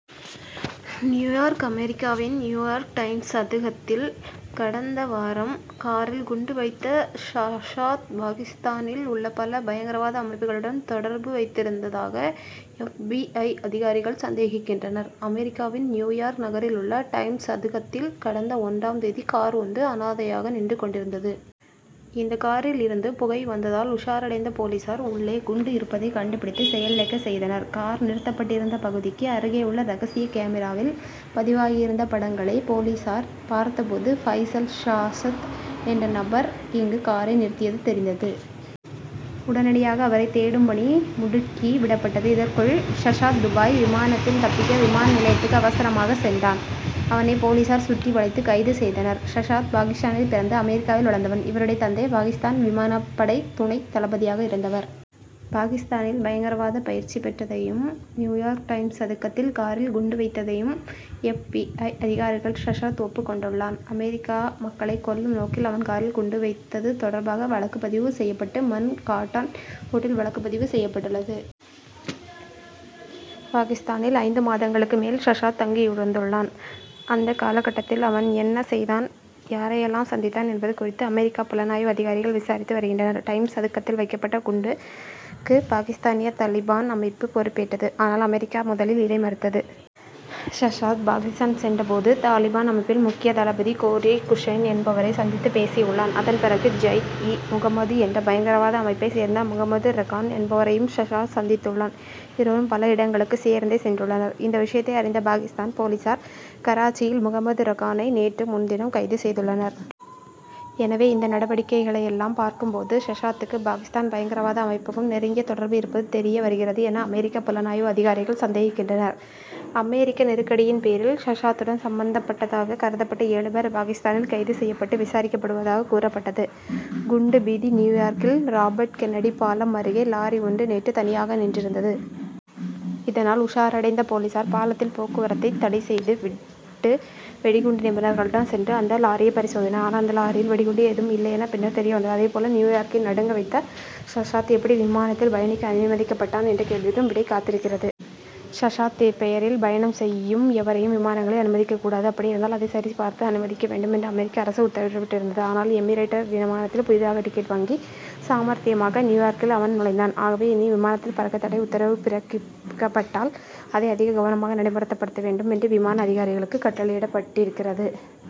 New York அமெரிக்காவின் New York times சதுக்கத்தில் கடந்த வாரம் காரில் குண்டு வைத்த ஷசாத் பாகிஸ்தானில் உள்ள பல பயங்கரவாத அமைப்புகளுடன் தொடர்பு வைத்திருந்ததாக எப். பி. ஐ. அதிகாரிகள் சந்தேகிக்கின்றனர். அமெரிக்காவின் நியூயார்க் நகரில் உள்ள டைம்ஸ் சதுக்கத்தில் கடந்த ஒன்றாம் தேதி கார் ஒன்று அனாதையாக நின்று கொண்டிருந்தது. இந்த காரில் இருந்து புகை வந்ததால் உஷாரடைந்த போலீசார் உள்ளே குண்டு இருப்பதை கண்டுபிடித்து செயலிழக்கச் செய்தனர். கார் நிறுத்தப்பட்டிருந்த பகுதிக்கு அருகே உள்ள ரகசிய கேமராவில் பதிவாகியிருந்த படங்களை போலீசார் பார்த்த போது பைசல் ஷசாத் என்ற நபர் இங்கு காரை நிறுத்தியது தெரிந்தது. உடனடியாக அவரை தேடும் பணி முடுக்கி விடப்பட்டது. இதற்குள் ஷசாத் துபாய் விமானத்தில் தப்பிக்க விமான நிலையத்துக்கு அவசரமாகச் சென்றான். அவனை போலீசார் சுற்றி வளைத்து கைது செய்தனர். ஷசாத் பாகிஸ்தானில் பிறந்து அமெரிக்காவில் வளர்ந்தவன். இவருடைய தந்தை பாகிஸ்தான் விமானப்படை துணைத் தளபதியாக இருந்தவர். பாகிஸ்தானில் பயங்கரவாத பயிற்சி பெற்றதையும் நியூயார்க் டைம்ஸ் சதுக்கத்தில் காரில் குண்டு வைத்ததையும் எப். பி. ஐ. அதிகாரிகளிடம் ஷசாத் ஒப்புக் கொண்டுள்ளான். அமெரிக்க மக்களை கொல்லும் நோக்கில் அவன் காரில் குண்டு வைத்தது தொடர்பாக வழக்கு பதிவு செய்யப்பட்டு மன் ஹாட்டன் கோர்ட்டில் வழக்கு பதிவு செய்யப்பட்டுள்ளது. பாகிஸ்தானில் ஐந்து மாதங்களுக்கு மேல் ஷசாத் தங்கியிருந்துள்ளான். அந்த காலகட்டத்தில் அவன் என்ன செய்தான் யாரையெல்லாம் சந்தித்தான் என்பது குறித்து அமெரிக்க புலனாய்வு அதிகாரிகள் விசாரித்து வருகின்றனர். டைம் சதுக்கத்தில் வைக்கப்பட்ட குண்டுக்கு பாகிஸ்தானிய தலிபான் அமைப்பு பொறுப்பேற்றது. ஆனால் அமெரிக்கா முதலில் இதை மறுத்தது. ஷசாத் பாகிஸ்தான் சென்ற போது தலிபான் அமைப்பின் முக்கிய தளபதி கோரி ஹூசைன் என்பவரை சந்தித்துப் பேசியுள்ளான். அதன் பிறகு ஜெய்ஷ் இ முகமது என்ற பயங்கரவாத அமைப்பைச் சேர்ந்த முகமது ரெகான் என்பவரையும் ஷசாத் சந்தித்துள்ளான். இருவரும் பல இடங்களுக்கு சேர்ந்தே சென்றுள்ளனர். இந்த விஷயத்தை அறிந்த பாகிஸ்தான் போலீசார் கராச்சியில் முகமது ரெகானை நேற்று முன்தினம் கைது செய்துள்ளனர். எனவே இந்த நடவடிக்கைகளையெல்லாம் பார்க்கும் போது ஷசாத்துக்கும் பாகிஸ்தான் பயங்கரவாத அமைப்புக்கும் நெருங்கிய தொடர்பு இருப்பது தெரிய வருகிறது என அமெரிக்க புலனாய்வு அதிகாரிகள் சந்தேகிக்கின்றனர். அமெரிக்க நெருக்கடியின் பேரில் ஷசாத்துடன் சம்பந்தப்பட்டதாகக் கருதப்பட்ட ஏழு பேர் பாகிஸ்தானில் கைது செய்யப்பட்டு விசாரிக்கப்படுவதாகக் கூறப்பட்டது. குண்டு பீதி நியூயார்க்கில் ராபர்ட் கென்னடி பாலம் அருகே லாரி ஒன்று நேற்று தனியாக நின்றிருந்தது. இதனால் உஷாரடைந்த போலீசார் பாலத்தில் போக்குவரத்தை தடை செய்து விட்டு வெடிகுண்டு நிபுணர்களுடன் சென்று அந்த லாரியை பரிசோதித்தனர். ஆனால் அந்த லாரியில் வெடிகுண்டு ஏதும் இல்லையென பின்னர் தெரிய வந்தது. அதேபோல நியூயார்க்கை நடுங்க வைத்த ஷசாத் எப்படி விமானத்தில் பயணிக்க அனுமதிக்கப்பட்டான் என்ற கேள்விக்கும் விடை கிடைத்திருக்கிறது. ஷசாத் பெயரில் பயணம் செய்யும் எவரையும் விமானங்களில் அனுமதிக்கக்கூடாது அப்படியிருந்தால் அதை சரி பார்த்து அனுமதிக்க வேண்டும் என்று அமெரிக்க அரசு உத்தரவிட்டிருந்தது. ஆனால் எமிரேட்ஸ் விமானத்தில் புதிதாக டிக்கெட் வாங்கி சாமர்த்தியமாக நியூயார்க்கில் அவன் நுழைந்தான். ஆகவே இனி விமானத்தில் பறக்க தடை உத்தரவு பிறப்பிக்கப்பட்டால் அதை அதிக கவனமாக நடைமுறைப்படுத்த வேண்டும் என்று விமான அதிகாரிகளுக்கு கட்டளையிடப்பட்டிருக்கிறது.